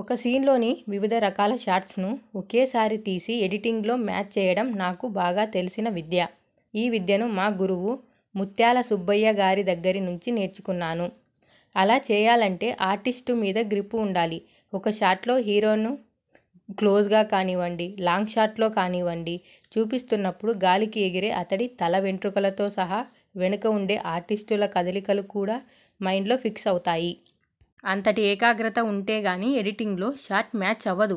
ఒక సీన్లోని వివిధ రకాల షాట్స్ను ఒకేసారి తీసి ఎడిటింగ్లో మ్యాచ్ చేయడం నాకు బాగా తెలిసిన విద్య. ఈ విద్యను మా గురువు ముత్యాల సుబ్బయ్యగారి దగ్గరి నుంచి నేర్చుకున్నాను. అలా చేయాలంటే ఆర్టిస్టు మీద గ్రిప్ ఉండాలి. ఒక షాట్లో హీరోను క్లోజ్గా కానివ్వండి, లాంగ్షాట్లో కానివ్వండి చూపిస్తున్నప్పుడు గాలికి ఎగిరే అతడి తల వెంట్రుకలతో సహా వెనుక ఉండే ఆర్టిస్టుల కదలికలు కూడా మైండ్లో ఫిక్స్ అవుతాయి. అంతటి ఏకాగ్రత ఉంటేగానీ ఎడిటింగ్లో షాట్ మ్యాచ్ అవ్వదు.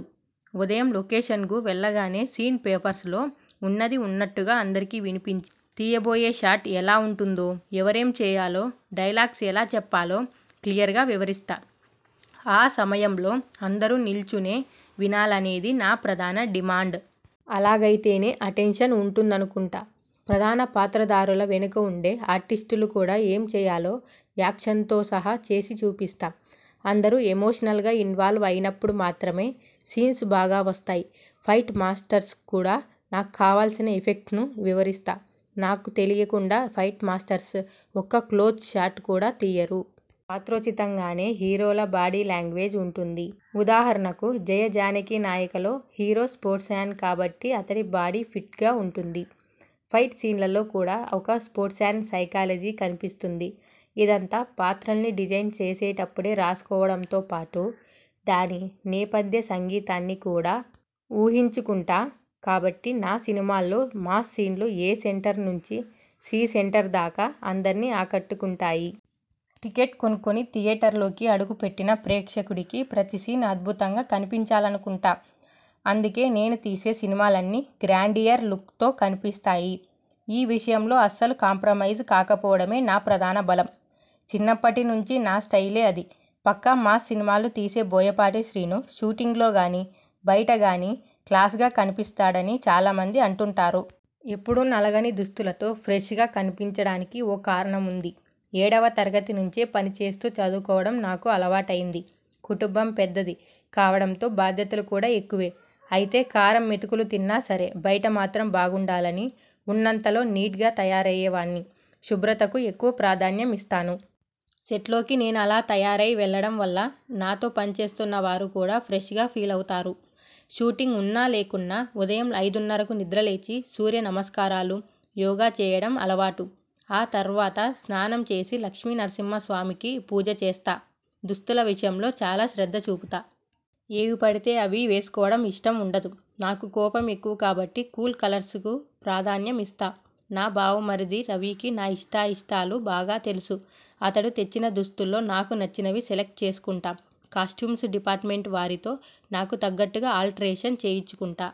ఉదయం లొకేషన్కు వెళ్లగానే సీన్ పేపర్స్లో ఉన్నది ఉన్నట్టుగా అందరికీ వినిపించి, తీయబోయే షాట్ ఎలా ఉంటుందో, ఎవరేం చేయాలో, డైలాగ్స్ ఎలా చెప్పాలో క్లియర్గా వివరిస్తా. ఆ సమయంలో అందరూ నిల్చునే వినాలనేది నా ప్రధాన డిమాండ్. అలాగైతేనే అటెన్షన్ ఉంటుందనుకుంటా. ప్రధాన పాత్రధారుల వెనుక ఉండే ఆర్టిస్టులు కూడా ఏం చేయాలో యాక్షన్తో సహా చేసి చూపిస్తా. అందరూ ఎమోషనల్గా ఇన్వాల్వ్ అయినప్పుడు మాత్రమే సీన్స్ బాగా వస్తాయి. ఫైట్ మాస్టర్స్కు కూడా నాక్కావాల్సిన ఎఫెక్ట్ను వివరిస్తా. నాకు తెలియకుండా ఫైట్మాస్టర్స్ ఒక్క క్లోజ్షాట్ కూడా తీయరు. పాత్రోచితంగానే హీరోల బాడీలాంగ్వేజ్ ఉంటుంది. ఉదాహరణకు 'జయ జానకి నాయక'లో హీరో స్పోర్ట్స్మ్యాన్ కాబట్టి అతడి బాడీ ఫిట్గా ఉంటుంది. ఫైట్ సీన్స్లో కూడా ఒక స్పోర్ట్స్మ్యాన్ సైకాలజీ కనిపిస్తుంది. ఇదంతా పాత్రల్ని డిజైన్ చేసేటప్పుడే రాసుకోవడంతో పాటు, దాని నేపథ్య సంగీతాన్ని కూడా ఊహించుకుంటా కాబట్టి నా సినిమాల్లో మాస్ సీన్లు ఏ సెంటర్ నుంచి సి సెంటర్దాకా అందర్నీ ఆకట్టుకుంటాయి. టికెట్ కొనుక్కుని థియేటర్లోకి అడుగు పెట్టిన ప్రేక్షకుడికి ప్రతీ సీన్ అద్భుతంగా కనిపించాలనుకుంటా. అందుకే నేను తీసే సినిమాలన్నీ గ్రాండియర్ లుక్తో కనిపిస్తాయి. ఈ విషయంలో అస్సలు కాంప్రమైజ్ కాకపోవడమే నా ప్రధాన బలం. చిన్నప్పటి నుంచి నా 'స్టయిలే' అది 'పక్కా మాస్ సినిమాలు తీసే బోయపాటి శ్రీను షూటింగ్లోగానీ, బయటగానీ క్లాస్గా కనిపిస్తాడ'ని చాలామంది అంటుంటారు. ఎప్పుడూ నలగని దుస్తులతో 'ఫ్రెష్'గా కనిపించడానికి ఓ కారణం ఉంది. ఏడవ తరగతి నుంచే పనిచేస్తూ చదువుకోవడం నాకు అలవాటైంది. కుటుంబం పెద్దది కావడంతో బాధ్యతలు కూడా ఎక్కువే. అయితే కారం మెతుకులు తిన్నా సరే బయట మాత్రం బాగుండాలని, ఉన్నంతలో నీట్గా తయారయ్యేవాణ్ణి. శుభ్రతకు ఎక్కువ ప్రాధాన్యం ఇస్తాను. సెట్లోకి నేను అలా తయారై వెళ్లడం వల్ల నాతో పనిచేస్తున్నవారు కూడా ఫ్రెష్గా ఫీలవుతారు. షూటింగ్ ఉన్నా లేకున్నా ఉదయం ఐదున్నరకు నిద్రలేచి, సూర్య నమస్కారాలు, యోగా చేయడం అలవాటు. ఆ తర్వాత స్నానం చేసి లక్ష్మీనరసింహస్వామికి పూజ చేస్తా. దుస్తుల విషయంలో చాలా శ్రద్ధ చూపుతా. ఏవి పడితే అవి వేసుకోవడం ఇష్టం ఉండదు. నాకు కోపం ఎక్కువ కాబట్టి, కూల్కలర్స్కు ప్రాధాన్యం ఇస్తా. నా బావమరిది రవికి నా ఇష్టాయిష్టాలు బాగా తెలుసు. అతడు తెచ్చిన దుస్తుల్లో నాకు నచ్చినవి సెలెక్ట్ చేసుకుంటా. కాస్ట్యూమ్స్ డిపార్ట్మెంట్వారితో నాకు తగ్గట్టుగా ఆలే్ట్రషన్ చేయించుకుంటా.